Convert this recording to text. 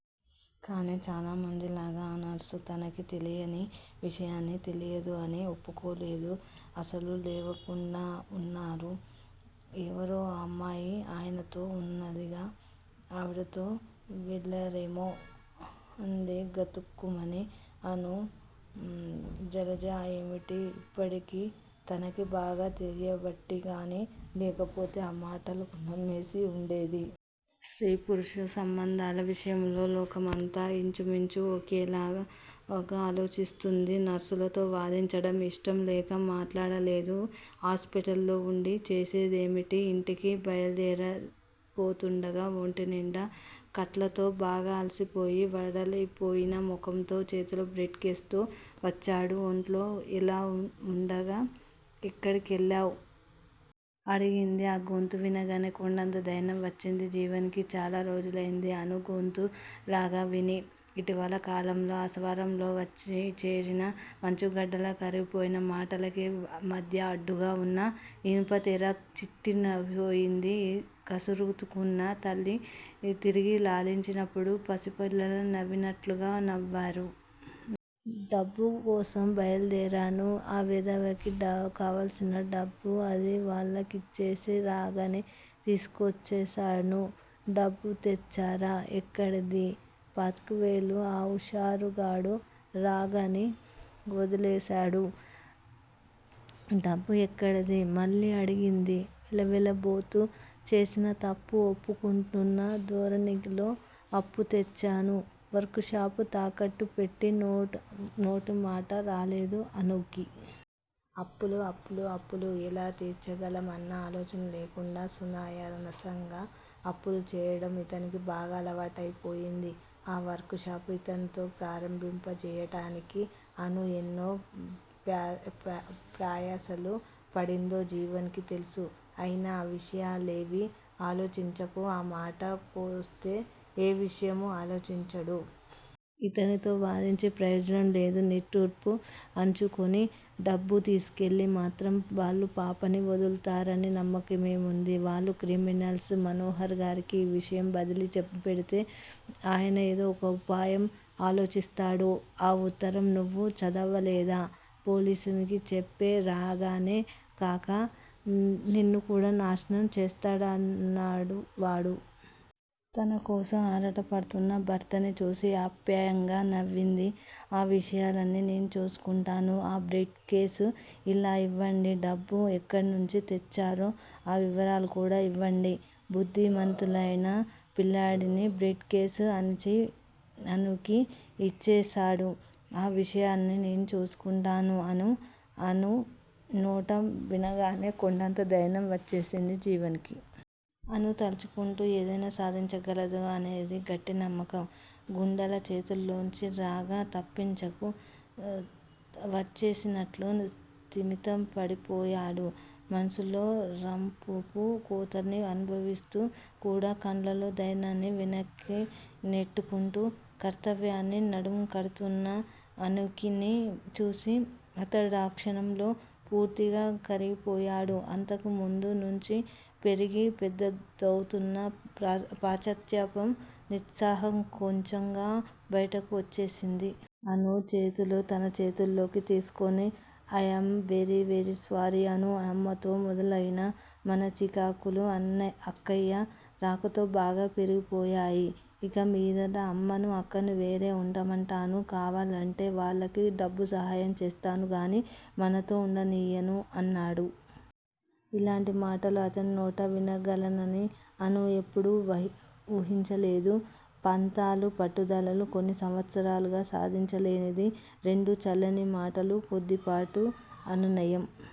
కాని చాలా మంది లాగ ఆ నర్సు తనకి తెలియని విషయాన్ని తెలియదు అని ఒప్పుకోలేదు. అస్సలు లేవకుండా వున్నారు ఎవరో అమ్మాయి ఆయనతో వుందిగా! ఆవిడతో వెళ్ళారేమో? అంది. గతుక్కుమంది అణు. జలజ ఏమిటో ఇప్పటికి తనకి బాగా తెలియబట్టి గాని, లేకపోతే ఆమాటలు నమ్మేసి ఉండేది. స్త్రీ పురుష సంబంధాల విషయంలో లోకమంతా యించుమించు ఒక్కలాగే ఆలోచిస్తుంది. నర్సుతో వాదించడం ఇష్టం లేక మాట్లాడలేదు. హాస్పిటల్ లో వుండి చేసేదేమిటని యింటికి బయలుదేరబోతుండగా ఒంటినిండా కట్లతో బాగా అలసిపోయి వడలిపోయిన ముఖంతో చేతిలో భ్రీఫ్ కేస్ తో వచ్చాడు. ఒంట్లో ఇలా వుండగా ఎక్కడికెళ్ళారు? అడిగింది. ఆ గొంతు వినగానే కొండంత దైర్యం వచ్చింది జీవన్ కి. చాలా రోజులైంది అణు గొంతు అలా విని. ఇటివల కాలంలో ఆ స్వరంలో వచ్చి చేరిన మంచుగడ్డలు కరిగిపోయాయి. మాటలకి మధ్య అడ్డుగా వున్న ఇనపతెర చిట్లిపోయింది. కసురుకున్న తల్లి తిరిగి లాలించి నప్పుడు పసిపాప నవినట్లుగా నవాడు. డబ్బు కోసం బయల్దేరాను. ఆ వెధవకి కావలసింది డబ్బు అది వాళ్ళకిచ్చేసి, రాగని తీసుకొచ్చేస్తాను. ' డబ్బు తెచ్చారా? ఎక్కడిది? పాతికవేలు ఆ హుమేషాగాడు రాగని వొదిలేస్తాడు. డబ్బు ఎక్కడిది? మళ్ళీ అడిగింది. వెలవెలబోతూ చేసిన తప్పు ఒప్పుకుంటున్న ధోరణిలో అప్పు తెచ్చాను వర్క్ షాప్ తాకట్టు పెట్టి నోటమాట రాలేదు అణుకి. అప్పులు, అప్పులు అప్పులు ఎలా తిర్చగలమన్న ఆలోచన లేకుండా సునాయాసంగా అప్పులు చేయడం ఇతనికి బాగా అలవాటైపోయింది. ఆ వర్క్ షాప్ ఇతనితో ప్రారంభింపజేయడానికి అణు ఎన్ని ప్రయాసలు పడిందో జీవన్ కి తెలుసు. అయినా ఆ విషయాలేవీ ఆలోచించడు. ఆ మాట కొస్తే ఏ విషయము ఆలోచించడు. ఇతనితో వాదించి ప్రయోజనం లేదు. నిట్టూర్పు అణచుకొని డబ్బు తీసికెళ్తే మాత్రం వాళ్ళు పాపని వొదులుతారని నమ్మకమేముంది? వాళ్ళు క్రిమినల్స్ మనోహర్ గారికే ఈ విషయం ఒదిలి పెడితే అయన ఏదో ఒక వుపాయం ఆలోచిస్తారు. ఆ ఉత్తరం నువు చదవలేదా? పోలీసులకి చెప్తే రాగనే కాక, నిన్ను కూడా నాశనం చేస్తానన్నాడువాడు. తనకోసం ఆరాటపడుతున్న భర్తని చూసి ఆప్యాయంగా నవింది. ఆ విషయాలన్నీ నేను చూసుకుంటాను. ఆ బ్రీఫ్ కేస్ ఇలా యివండి. డబ్బు ఎక్కనుంచి తెచ్చారో ఆ వివరాలు కూడా ఇవండీ. బుద్దిమంతుడైనా పిల్లాడిలా బ్రీఫ్ కేస్ అణుకి యిచ్చేసాడు. ఆ విషయాలన్నీ నేను చూసుకుంటాను అని అణు నోట వినగానే కొండంత దైర్యం వచ్చేసింది జీవన్ కి. అణు తలచుకుంటే ఏదైనా సాధించగలదని అతనికి గట్టి నమ్మకం. గుండాల చేతుల్లోంచి రాగ తప్పించుకు వచ్చేసినట్లే స్థిమిత పడిపోయాడు. మనసులో రంపపు కోతని అనుభవిస్తూ కూడా కళ్ళల్లో దైన్యాన్ని వెనక్కి నెట్టుకుంటూ కర్తవ్యాన్ని నడుం కడుతోన్న అణుని చూసి అతడాక్షణంలో పూర్తిగా కరిగిపోయాడు. అంతకు ముందు నుంచి పెరిగి పెద్దదౌతున్న పశ్చాత్తాపం నిస్సంకోచంగా బయటి కొచ్చేసింది. అణు చేతులు తన చేతుల్లోకి తీసుకుని, I am very very sorry Anu! అమ్మతో మొదలైన మన చికాకులు అక్కయ్య రాకతో బాగా పెరిగిపోయాయి. ఇక మీదట అమ్మని, అక్కని వేరే ఉండమంటాను. కావాలంటే వాళ్ళకి డబ్బు సహాయం చేస్తాను గాని మనతో ఉండనియ్యను అన్నాడు. ఇలాంటి మాటలు అతని నోట వినగలనని అణు ఎన్నడూ వుహించలేదు. పంతాలు పట్టుదలలు కొన్ని సంవత్సరాలుగా సాధించలేనిది, రెండు చల్లని మాటలు, కొద్దిపాటి అనునయం